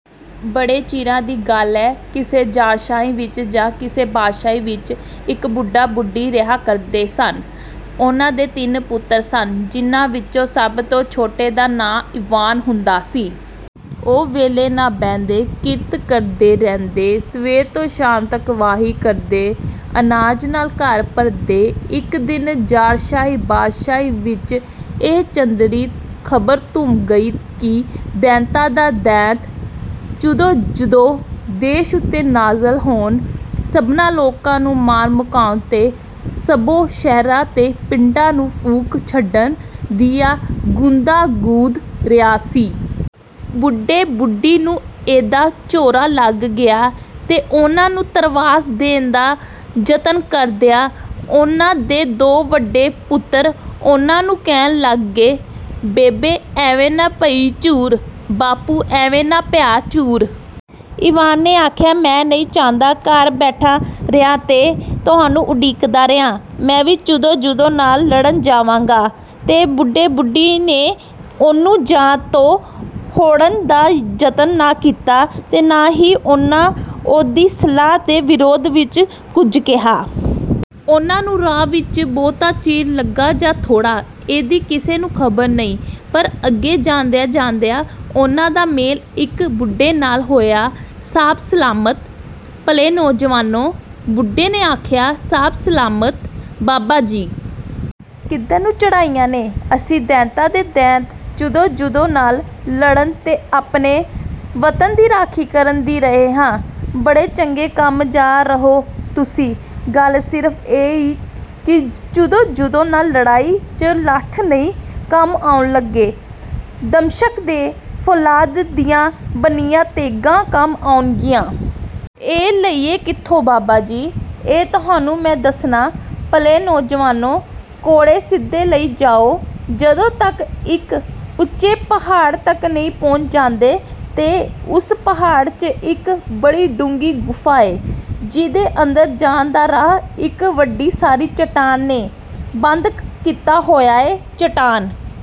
ਬੜੇ ਚਿਰਾਂ ਦੀ ਗਲ ਏ, ਕਿਸੇ ਜ਼ਾਰਸ਼ਾਹੀ ਵਿਚ ਜਾਂ ਕਿਸੇ ਬਾਦਸ਼ਾਹੀ ਵਿਚ, ਇਕ ਬੁੱਢਾ ਬੁੱਢੀ ਰਿਹਾ ਕਰਦੇ ਸਨ। ਉਹਨਾਂ ਦੇ ਤਿੰਨ ਪੁੱਤਰ ਸਨ, ਜਿਨ੍ਹਾਂ ਵਿਚੋਂ ਸਭ ਤੋਂ ਛੋਟੇ ਦਾ ਨਾਂ ਈਵਾਨ ਹੁੰਦਾ ਸੀ। ਉਹ ਵਿਹਲੇ ਨਾ ਬਹਿੰਦੇ, ਕਿਰਤ ਕਰਦੇ ਰਹਿੰਦੇ, ਸਵੇਰ ਤੋਂ ਸ਼ਾਮ ਤੱਕ ਵਾਹੀ ਕਰਦੇ, ਅਨਾਜ ਨਾਲ ਘਰ ਭਰਦੇ। ਇੱਕ ਦਿਨ ਜ਼ਾਰਸ਼ਾਹੀ-ਬਾਦਸ਼ਾਹੀ ਵਿੱਚ ਇਹ ਚੰਦਰੀ ਖ਼ਬਰ ਧੁੰਮ ਗਈ ਕਿ ਦੈਂਤਾਂ ਦਾ ਦੈਂਤ, ਚੁਦੋ-ਯੁਦੋ, ਦੇਸ ਉੱਤੇ ਨਾਜ਼ਲ ਹੋਣ, ਸਭਨਾਂ ਲੋਕਾਂ ਨੂੰ ਮਾਰ ਮੁਕਾਣ ਤੇ ਸਭੋ ਸ਼ਹਿਰਾਂ ਤੇ ਪਿੰਡਾਂ ਨੂੰ ਫੂਕ ਛੱਡਣ ਦੀਆਂ ਗੋਂਦਾਂ ਗੁੰਦ ਰਿਹਾ ਸੀ। ਬੁੱਢੇ-ਬੁੱਢੀ ਨੂੰ ਇਹਦਾ ਝੋਰਾ ਲੱਗ ਗਿਆ, ਤੇ ਉਹਨਾਂ ਨੂੰ ਧਰਵਾਸ ਦੇਣ ਦਾ ਜਤਨ ਕਰਦਿਆਂ, ਉਹਨਾਂ ਦੇ ਦੋ ਵੱਡੇ ਪੁੱਤਰ ਉਹਨਾਂ ਨੂੰ ਕਹਿਣ ਲੱਗੇ: "ਬੇਬੇ, ਐਵੇਂ ਨਾ ਪਈ ਝੁਰ, ਬਾਪੂ, ਐਵੇਂ ਨਾ ਪਿਆ ਝੁਰ! ਈਵਾਨ ਨੇ ਆਖਿਆ। "ਮੈਂ ਨਹੀਂ ਚਾਹੁੰਦਾ, ਘਰ ਬੈਠਾ ਰਿਹਾਂ ਤੇ ਤੁਹਾਨੂੰ ਉਡੀਕਦਾ ਰਿਹਾਂ। ਮੈਂ ਵੀ ਚੁਦੋ-ਯੁਦੋ ਨਾਲ ਲੜਨ ਜਾਵਾਂਗਾ!" ਤੇ ਬੁੱਢੇ-ਬੁੱਢੀ ਨੇ ਉਹਨੂੰ ਜਾਣ ਤੋਂ ਹੋੜਨ ਦਾ ਜਤਨ ਨਾ ਕੀਤਾ, ਤੇ ਨਾ ਹੀ ਉਹਨਾਂ ਉਹਦੀ ਸਲਾਹ ਦੇ ਵਿਰੋਧ ਵਿੱਚ ਕੁਝ ਕਿਹਾ। ਉਹਨਾਂ ਨੂੰ ਰਾਹ ਵਿੱਚ ਬਹੁਤਾ ਚਿਰ ਲੱਗਾ ਜਾਂ ਥੋੜ੍ਹਾ, ਇਹਦੀ ਕਿਸੇ ਨੂੰ ਖ਼ਬਰ ਨਹੀਂ, ਪਰ ਅੱਗੇ ਜਾਂਦਿਆਂ-ਜਾਂਦਿਆਂ ਉਹਨਾਂ ਦਾ ਮੇਲ ਇੱਕ ਬੁੱਢੇ ਨਾਲ ਹੋਇਆ। "ਸਾਬ ਸਲਾਮਤ, ਭਲੇ ਨੌਜਵਾਨੋ! " ਬੁੱਢੇ ਨੇ ਆਖਿਆ। "ਸਾਬ ਸਲਾਮਤ, ਬਾਬਾ ਜੀ!" "ਕਿੱਧਰ ਨੂੰ ਚੜ੍ਹਾਈਆਂ ਨੇ?" "ਅਸੀਂ ਦੈਂਤਾਂ ਦੇ ਦੈਂਤ, ਚੁਦੋ-ਯੁਦੋ, ਨਾਲ ਲੜਨ, ਤੇ ਆਪਣੇ ਵਤਨ ਦੀ ਰਾਖੀ ਕਰਨ ਦੀ ਰਹੇ ਹਾਂ।" "ਬੜੇ ਚੰਗੇ ਕੰਮ ਜਾ ਰਹੋ ਤੁਸੀਂ! ਗੱਲ ਸਿਰਫ਼ ਇਹ ਏ ਕਿ ਚੁਦੋ-ਯੁਦੋ ਨਾਲ ਲੜਾਈ 'ਚ ਲੱਠ ਨਹੀਂ ਕੰਮ ਆਉਣ ਲੱਗੇ, ਦਮਸ਼ਕ ਦੇ ਫ਼ੌਲਾਦ ਦੀਆਂ ਬਣੀਆਂ ਤੇਗ਼ਾਂ ਕੰਮ ਆਉਣਗੀਆਂ।" "ਇਹ ਲਈਏ ਕਿੱਥੋਂ, ਬਾਬਾ ਜੀ?" "ਇਹ ਤੁਹਾਨੂੰ ਮੈਂ ਦੱਸਨਾਂ। ਭਲੇ ਨੌਜਵਾਨੋ, ਘੋੜੇ ਸਿੱਧੇ ਲਈ ਜਾਓ, ਜਦੋਂ ਤੱਕ ਇੱਕ ਉੱਚੇ ਪਹਾੜ ਤੱਕ ਨਹੀਂ ਪਹੁੰਚ ਜਾਂਦੇ। ਤੇ ਓਸ ਪਹਾੜ 'ਚ ਇੱਕ ਬੜੀ ਡੂੰਘੀ ਗੁਫ਼ਾ ਏ, ਜਿਹਦੇ ਅੰਦਰ ਜਾਣ ਦਾ ਰਾਹ ਇੱਕ ਵੱਡੀ ਸਾਰੀ ਚਟਾਨ ਨੇ ਬੰਦ ਕੀਤਾ ਹੋਇਆ ਏ। ਚਟਾਨ